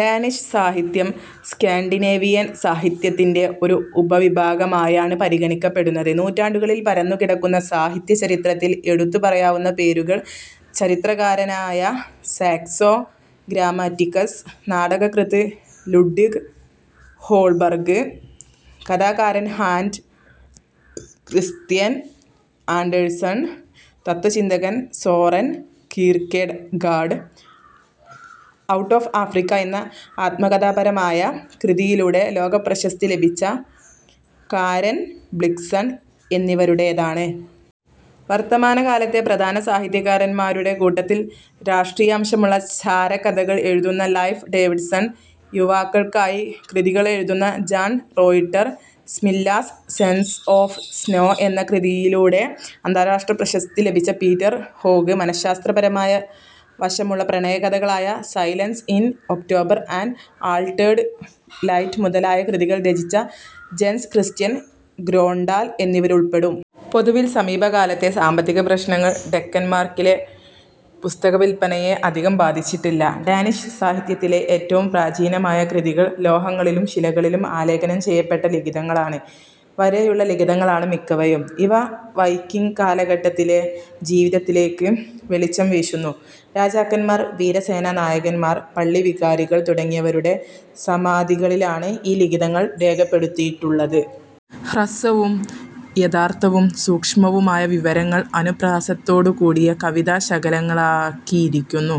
Danish സാഹിത്യം Scandinavian സാഹിത്യത്തിൻ്റെ ഒരു ഉപവിഭാഗമായാണ് പരിഗണിക്കപ്പെടുന്നത്. നൂറ്റാണ്ടുകളിൽ പരന്നുകിടക്കുന്ന സാഹിത്യചരിത്രത്തിൽ എടുത്തു പറയാവുന്ന പേരുകൾ ചരിത്രകാരനായ സാക്സോ ഗ്രമാറ്റിക്കസ്, നാടകകൃത്ത് ലുഡ്വിഗ് ഹോൾബർഗ്, കഥാകാരൻ ഹാൻഡ് ക്രിസ്ത്യൻ ആൻഡേഴ്സൺ, തത്ത്വചിന്തകൻ Soren Kierkegaard, out of Africa എന്ന ആത്മകഥാപരമായ കൃതിയിലൂടെ ലോകപ്രശസ്തി ലഭിച്ച കാരെൻ ബ്ലിക്സൺ എന്നിവരുടേതാണ്. വർത്തമാനകാലത്തെ പ്രധാന സാഹിത്യകാരന്മാരുടെ കൂട്ടത്തിൽ രാഷ്ട്രീയാംശമുള്ള ചാരകഥകൾ എഴുതുന്ന ലൈഫ് ഡേവിഡ്സൺ, യുവാക്കൾക്കായി കൃതികളെഴുതുന്ന John Reuter, Smilla's sense of snow എന്ന കൃതിയിലൂടെ അന്താരാഷ്ട്രപ്രശസ്തി ലഭിച്ച പീറ്റർ ഹോഗ്, മനഃശാസ്ത്രപരമായ വശമുള്ള പ്രണയകഥകളായ silence in October, an altered light മുതലായ കൃതികൾ രചിച്ച ജെൻസ് ക്രിസ്റ്റ്യൻ ഗ്രോണ്ഡാൽ എന്നിവരുൾപ്പെടും. പൊതുവിൽ സമീപകാലത്തെ സാമ്പത്തിക പ്രശ്നങ്ങൾ ഡെക്കൻമാർക്കിലെ പുസ്തകവിൽപ്പനയെ അധികം ബാധിച്ചിട്ടില്ല. ഡാനിഷ് സാഹിത്യത്തിലെ ഏറ്റവും പ്രാചീനമായ കൃതികൾ ലോഹങ്ങളിലും ശിലകളിലും ആലേഖനം ചെയ്യപ്പെട്ട ലിഖിതങ്ങളാണ്. വരെയുള്ള ലിഖിതങ്ങളാണ് മിക്കവയും. ഇവ വൈക്കിങ് കാലഘട്ടത്തിലെ ജീവിതത്തിലേക്ക് വെളിച്ചം വീശുന്നു. രാജാക്കന്മാർ, വീരസേനനായകന്മാർ, പള്ളിവികാരികൾ തുടങ്ങിയവരുടെ സമാധികളിലാണ് ഈ ലിഖിതങ്ങൾ രേഖപ്പെടുത്തിയിട്ടുള്ളത്. ഹ്രസ്വവും യഥാർഥവും സൂക്ഷ്മവുമായ വിവരങ്ങൾ അനുപ്രാസത്തോടുകൂടിയ കവിതാ ശകലങ്ങളിലാക്കിയിരിക്കുന്നു.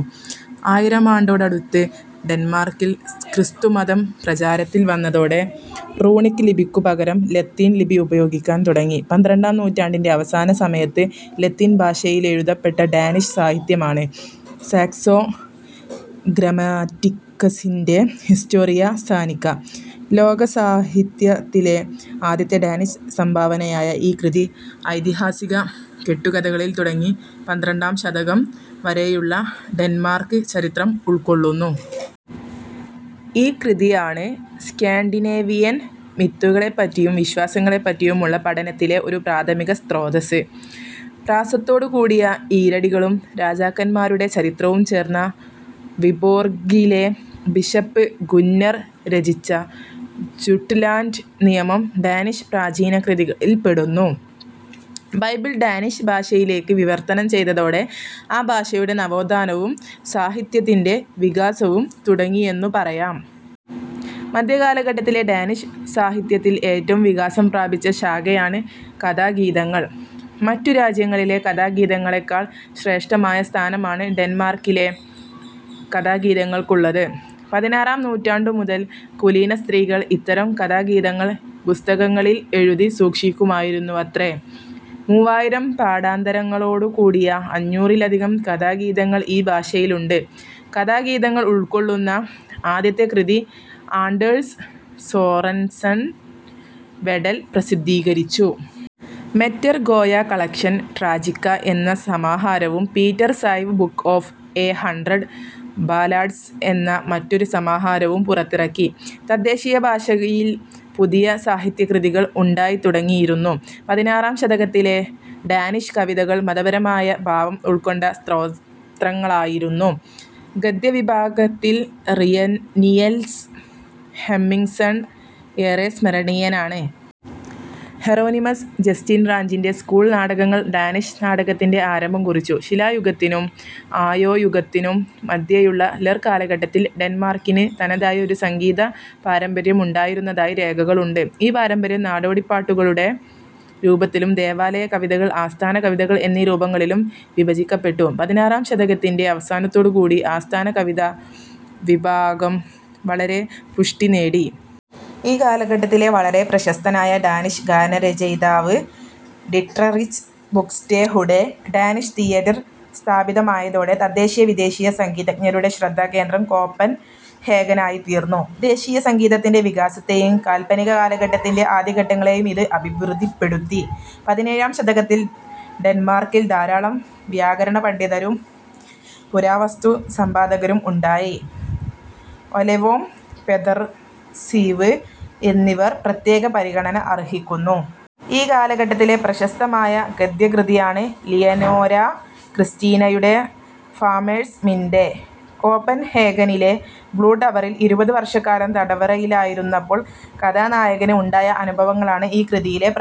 ആയിരാമാണ്ടോടടുത്ത് ഡെന്മാർക്കിൽ ക്രിസ്തുമതം പ്രചാരത്തിൽ വന്നതോടെ റൂണിക് ലിപിക്കു പകരം ലത്തീൻ ലിപി ഉപയോഗിക്കാൻ തുടങ്ങി. പന്ത്രണ്ടാം നൂറ്റാണ്ടിൻ്റെ അവസാനസമയത്ത് ലത്തീൻ ഭാഷയിലെഴുതപ്പെട്ട ഡാനിഷ് സാഹിത്യമാണ്, സാക്സോ ഗ്രമാറ്റിക്കസിൻ്റെ ഹിസ്റ്റോറിയ സാനിക. ലോകസാഹിത്യത്തിലെ ആദ്യത്തെ ഡാനിഷ് സംഭാവനയായ ഈ കൃതി ഐതിഹാസിക കെട്ടുകഥകളിൽ തുടങ്ങി പന്ത്രണ്ടാം ശതകം വരെയുള്ള ഡെന്മാർക്ക് ചരിത്രം ഉൾക്കൊള്ളുന്നു. ഈ കൃതിയാണ് സ്കാൻഡിനേവിയൻ മിത്തുകളെപ്പറ്റിയും വിശ്വാസങ്ങളെപ്പറ്റിയുമുള്ള പഠനത്തിലെ ഒരു പ്രാഥമിക സ്രോതസ്സ്. പ്രാസത്തോടു കൂടിയ ഈരടികളും രാജാക്കന്മാരുടെ ചരിത്രവും ചേർന്ന വിബോർഗിലെ ബിഷപ്പ് ഗുന്നർ രചിച്ച ജുട്ട്ലാൻഡ് നിയമം ഡാനിഷ് പ്രാചീന കൃതികളിൽപ്പെടുന്നു. ബൈബിൾ ഡാനിഷ് ഭാഷയിലേക്ക് വിവർത്തനം ചെയ്തതോടെ ആ ഭാഷയുടെ നവോത്ഥാനവും സാഹിത്യത്തിൻ്റെ വികാസവും തുടങ്ങിയെന്നു പറയാം. മദ്ധ്യകാലഘട്ടത്തിലെ ഡാനിഷ് സാഹിത്യത്തിൽ ഏറ്റവും വികാസം പ്രാപിച്ച ശാഖയാണ് കഥാഗീതങ്ങൾ. മറ്റു രാജ്യങ്ങളിലെ കഥാഗീതങ്ങളെക്കാൾ ശ്രേഷ്ഠമായ സ്ഥാനമാണ് ഡെന്മാർക്കിലെ കഥാഗീതങ്ങൾക്കുള്ളത്. പതിനാറാം നൂറ്റാണ്ടു മുതൽ കുലീന സ്ത്രീകൾ ഇത്തരം കഥാഗീതങ്ങൾ പുസ്തകങ്ങളിൽ എഴുതി സൂക്ഷിക്കുമായിരുന്നുവത്രേ. മൂവായിരം പാഠാന്തരങ്ങളോടു കൂടിയ അഞ്ഞൂറിലധികം കഥാഗീതങ്ങൾ ഈ ഭാഷയിലുണ്ട്. കഥാഗീതങ്ങൾ ഉൾക്കൊള്ളുന്ന ആദ്യത്തെ കൃതി ആൻഡേഴ്സ് സോറൻസൻ വെഡൽ പ്രസിദ്ധീകരിച്ചു. മെറ്റെർ ഗോയ കളക്ഷൻ ട്രാജിക്ക എന്ന സമാഹാരവും Peder Syv book of a hundred ballads എന്ന മറ്റൊരു സമാഹാരവും പുറത്തിറക്കി. തദ്ദേശീയ ഭാഷികയിൽ പുതിയ സാഹിത്യകൃതികൾ ഉണ്ടായിത്തുടങ്ങിയിരുന്നു. പതിനാറാം ശതകത്തിലെ ഡാനിഷ് കവിതകൾ മതപരമായ ഭാവം ഉൾക്കൊണ്ട സ്തോത്രങ്ങളായിരുന്നു. ഗദ്യവിഭാഗത്തിൽ റിയൻ നിയൽസ് ഹെമ്മിങ്സൺ ഏറെ സ്മരണീയനാണ്. ഹെറോനിമസ് ജസ്റ്റീൻ റാഞ്ചിൻ്റെ സ്കൂൾ നാടകങ്ങൾ ഡാനിഷ് നാടകത്തിൻ്റെ ആരംഭം കുറിച്ചു. ശിലായുഗത്തിനും ആയോയുഗത്തിനും മധ്യേയുള്ള ലർ കാലഘട്ടത്തിൽ ഡെന്മാർക്കിന് തനതായ ഒരു സംഗീത പാരമ്പര്യം ഉണ്ടായിരുന്നതായി രേഖകളുണ്ട്. ഈ പാരമ്പര്യം നാടോടിപ്പാട്ടുകളുടെ രൂപത്തിലും ദേവാലയ കവിതകൾ, ആസ്ഥാന കവിതകൾ എന്നീ രൂപങ്ങളിലും വിഭജിക്കപ്പെട്ടു. പതിനാറാം ശതകത്തിൻ്റെ അവസാനത്തോടു കൂടി ആസ്ഥാന കവിതാ വിഭാഗം വളരെ പുഷ്ടി നേടി. ഈ കാലഘട്ടത്തിലെ വളരെ പ്രശസ്തനായ ഡാനിഷ് ഗാനരചയിതാവ് ഡിട്രറിച്ച് ബുക്സ്റ്റെഹുഡെ. ഡാനിഷ് തിയേറ്റർ സ്ഥാപിതമായതോടെ തദ്ദേശീയ വിദേശീയ സംഗീതജ്ഞരുടെ ശ്രദ്ധാകേന്ദ്രം കോപ്പൻഹേഗനായിത്തീർന്നു. ദേശീയ സംഗീതത്തിൻ്റെ വികാസത്തേയും കാൽപ്പനിക കാലഘട്ടത്തിൻ്റെ ആദ്യഘട്ടങ്ങളേയും ഇത് അഭിവൃദ്ധിപ്പെടുത്തി. പതിനേഴാം ശതകത്തിൽ ഡെന്മാർക്കിൽ ധാരാളം വ്യാകരണപണ്ഡിതരും പുരാവസ്തു സമ്പാദകരും ഉണ്ടായി. ഒലെവോം, പെദർസീവ് എന്നിവർ പ്രത്യേക പരിഗണന അർഹിക്കുന്നു. ഈ കാലഘട്ടത്തിലെ പ്രശസ്തമായ ഗദ്യകൃതിയാണ് ലിയനോരാ ക്രിസ്റ്റീനയുടെ ഫാമേഴ്സ് മിൻഡേ. കോപ്പൻഹേഗനിലെ ബ്ലൂ ടവറിൽ ഇരുപത് വർഷക്കാലം തടവറയിലായിരുന്നപ്പോൾ കഥാനായകന് ഉണ്ടായ അനുഭവങ്ങളാണ് ഈ കൃതിയിലെ പ്രമേയം.